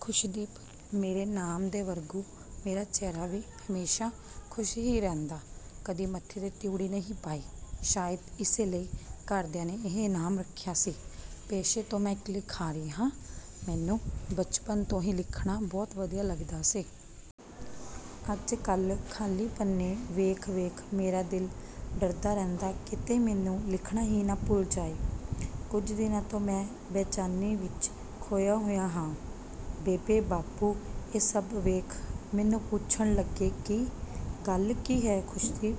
ਖੁਸ਼ਦੀਪ, ਮੇਰੇ ਨਾਮ ਦੇ ਵਰਗੂੰ ਮੇਰਾ ਚਿਹਰਾ ਵੀ ਹਮੇਸ਼ਾ ਖੁਸ਼ ਹੀ ਰਹਿੰਦਾ, ਕਦੀ ਮੱਥੇ ਤੇ ਤਿਉੜੀ ਨਹੀਂ ਪਾਈ। ਸ਼ਾਇਦ ਇਸੇ ਲਈ ਘਰਦਿਆਂ ਇਹ ਨਾਮ ਰੱਖਿਆ ਸੀ। ਪੇਸ਼ੇ ਤੋਂ ਮੈਂ ਇੱਕ ਲਿਖਾਰੀ ਹਾਂ, ਮੈਨੂੰ ਬਚਪਨ ਤੋਂ ਹੀ ਲਿਖਣਾ ਬਹੁਤ ਵਧੀਆ ਲੱਗਦਾ ਸੀ। ਅੱਜ-ਕੱਲ੍ਹ ਖਾਲੀ ਪੰਨੇ ਵੇਖ-ਵੇਖ ਮੇਰਾ ਦਿਲ ਡਰਦਾ ਰਹਿੰਦਾ, ਕਿਤੇ ਮੈਂਨੂੰ ਲਿਖਣਾ ਹੀ ਨਾ ਭੁੱਲ ਜਾਏ। ਕੁਝ ਦਿਨਾਂ ਤੋਂ ਮੈਂ ਬੇਚੈਨੀ ਵਿੱਚ ਖੋਇਆ ਹੋਇਆ ਹਾਂ। ਬੇਬੇ-ਬਾਪੂ ਇਹ ਸਭ ਵੇਖ ਮੈਨੂੰ ਪੁੱਛਣ ਲੱਗੇ ਕਿ ਗੱਲ ਕੀ ਹੈ ਖੁਸ਼ਦੀਪ,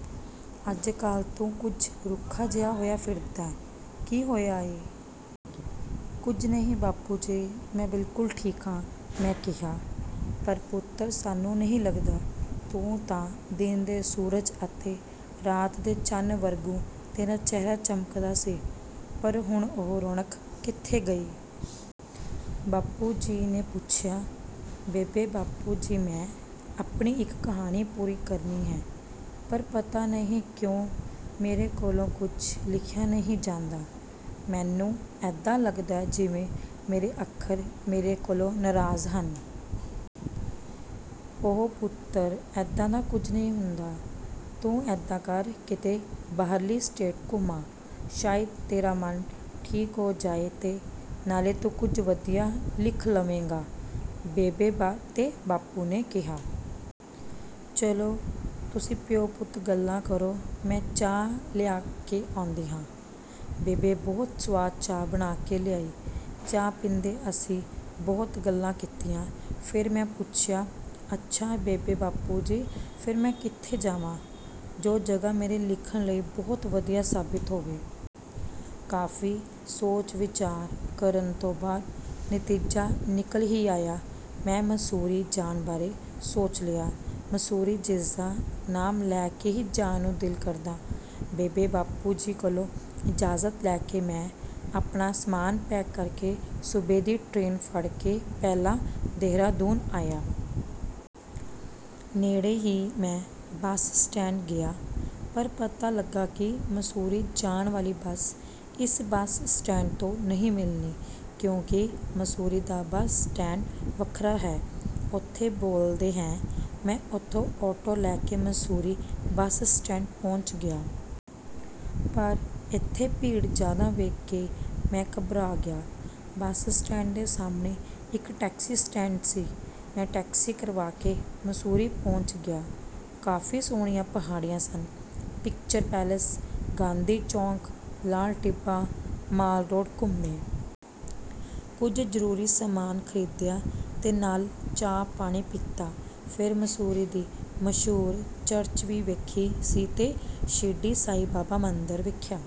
ਅੱਜ-ਕੱਲ੍ਹ ਤੂੰ ਕੁਝ ਰੁੱਖਾ ਜਿਹਾ ਹੋਇਆ ਫਿਰਦਾ, ਕੀ ਹੋਇਆ ਹੈ? ਕੁਝ ਨਹੀਂ ਬਾਪੂ ਜੀ, ਮੈਂ ਬਿਲਕੁਲ ਠੀਕ ਹਾਂ, ਮੈਂ ਕਿਹਾ। ਪਰ ਪੁੱਤਰ, ਸਾਨੂੰ ਨਹੀਂ ਲੱਗਦਾ। ਤੂੰ ਤਾਂ ਦਿਨ ਦੇ ਸੂਰਜ ਅਤੇ ਰਾਤ ਦੇ ਚੰਨ ਵਰਗੂੰ, ਤੇਰਾ ਚਿਹਰਾ ਚਮਕਦਾ ਸੀ, ਪਰ ਹੁਣ ਉਹ ਰੌਣਕ ਕਿੱਥੇ ਗਈ? ਬਾਪੂ ਜੀ ਨੇ ਪੁੱਛਿਆ। ਬੇਬੇ-ਬਾਪੂ ਜੀ, ਮੈਂ ਆਪਣੀ ਇੱਕ ਕਹਾਣੀ ਪੂਰੀ ਕਰਨੀ ਹੈ, ਪਰ ਪਤਾ ਨਹੀਂ ਕਿਉਂ? ਮੇਰੇ ਕੋਲੋਂ ਕੁਝ ਲਿਖਿਆ ਨਹੀਂ ਜਾਂਦਾ। ਮੈਨੂੰ ਏਦਾਂ ਲੱਗਦਾ, ਜਿਵੇਂ ਮੇਰੇ ਅੱਖਰ ਮੇਰੇ ਕੋਲੋਂ ਨਾਰਾਜ਼ ਹਨ। ਓਹੋ ਪੁੱਤਰ, ਏਦਾਂ ਦਾ ਕੁਝ ਨਹੀਂ ਹੁੰਦਾ। ਤੂੰ ਏਦਾਂ ਕਰ, ਕਿਤੇ ਬਾਹਰਲੀ ਸਟੇਟ ਘੁੰਮ ਆ। ਸ਼ਾਇਦ ਤੇਰਾ ਮਨ ਠੀਕ ਹੋ ਜਾਏ ਤੇ ਨਾਲੇ ਤੂੰ ਕੁਝ ਵਧੀਆ ਲਿਖ ਲਵੇਂਗਾ, ਬੇਬੇ ਤੇ ਬਾਪੂ ਨੇ ਕਿਹਾ। ਚੱਲੋ, ਤੁਸੀਂ ਪਿਓ-ਪੁੱਤ ਗੱਲਾਂ ਕਰੋ, ਮੈਂ ਚਾਹ ਲੈ ਕੇ ਆਉਂਦੀ ਹਾਂ। ਬੇਬੇ ਬਹੁਤ ਸਵਾਦ ਚਾਹ ਬਣਾ ਕੇ ਲਿਆਈ। ਚਾਹ ਪੀਂਦੇ ਅਸੀਂ ਬਹੁਤ ਗੱਲਾਂ ਕੀਤੀਆਂ। ਫੇਰ ਮੈਂ ਪੁੱਛਿਆ, ਅੱਛਾ ਬੇਬੇ-ਬਾਪੂ ਜੀ, ਫੇਰ ਮੈਂ ਕਿੱਥੇ ਜਾਵਾਂ, ਜੋ ਜਗ੍ਹਾ ਮੇਰੇ ਲਿਖਣ ਲਈ ਬਹੁਤ ਵਧੀਆ ਸਾਬਿਤ ਹੋਵੇ? ਕਾਫੀ ਸੋਚ-ਵਿਚਾਰ ਕਰਨ ਤੋਂ ਬਾਅਦ ਨਤੀਜਾ ਨਿਕਲ ਹੀ ਆਇਆ। ਮੈਂ ਮਸੂਰੀ ਜਾਣ ਬਾਰੇ ਸੋਚ ਲਿਆ। ਮਸੂਰੀ, ਜਿਸਦਾ ਨਾਮ ਲੈ ਕੇ ਹੀ ਜਾਣ ਨੂੰ ਦਿਲ ਕਰਦਾ। ਬੇਬੇ-ਬਾਪੂ ਜੀ ਕੋਲੋਂ ਇਜਾਜ਼ਤ ਲੈ ਕੇ, ਮੈਂ ਆਪਣਾ ਸਮਾਨ ਪੈਕ ਕਰਕੇ ਸੂਬੇ ਦੀ ਟ੍ਰੇਨ ਫੜ ਕੇ ਪਹਿਲਾਂ ਦੇਹਰਾਦੂਨ ਆਇਆ। ਨੇੜੇ ਹੀ ਮੈਂ ਬੱਸ ਸਟੈਂਡ ਗਿਆ, ਪਰ ਪਤਾ ਲੱਗਾ ਕਿ ਮਸੂਰੀ ਜਾਣ ਵਾਲੀ ਬੱਸ ਇਸ ਬੱਸ ਸਟੈਂਡ ਤੋਂ ਨਹੀਂ ਮਿਲਣੀ, ਕਿਉਂਕਿ ਮਸੂਰੀ ਦਾ ਬੱਸ ਸਟੈਂਡ ਵੱਖਰਾ ਹੈ। ਓਥੇ ਬੋਲਦੇ ਹੈ। ਮੈਂ ਓਥੋਂ ਆਟੋ ਲੈ ਕੇ ਮਸੂਰੀ ਬੱਸ ਸਟੈਂਡ ਪਹੁੰਚ ਗਿਆ। ਪਰ ਏਥੇ ਭੀੜ ਜ਼ਿਆਦਾ ਵੇਖ ਕੇ ਮੈਂ ਘਬਰਾ ਗਿਆ। ਬੱਸ ਸਟੈਂਡ ਦੇ ਸਾਹਮਣੇ ਇੱਕ ਟੈਕਸੀ ਸਟੈਂਡ ਸੀ। ਮੈਂ ਟੈਕਸੀ ਕਰਵਾ ਕੇ ਮਸੂਰੀ ਪਹੁੰਚ ਗਿਆ। ਕਾਫੀ ਸੋਹਣੀਆਂ ਪਹਾੜੀਆਂ ਸਨ। ਪਿਕਚਰ ਪੈਲੇਸ, ਗਾਂਧੀ ਚੌਂਕ, ਲਾਲ ਟਿੱਬਾ, ਮਾਲ ਰੋਡ ਘੁੰਮੇ। ਕੁਝ ਜ਼ਰੂਰੀ ਸਮਾਨ ਖਰੀਦਿਆ ਤੇ ਨਾਲ ਚਾਹ-ਪਾਣੀ ਪੀਤਾ। ਫੇਰ ਮਸੂਰੀ ਦੀ ਮਸ਼ਹੂਰ ਚਰਚ ਵੀ ਵੇਖੀ ਤੇ ਸ਼੍ਰੀ ਸ਼ਿਰਡੀ ਸਾਈਂ ਬਾਬਾ ਮੰਦਰ ਵੇਖਿਆ।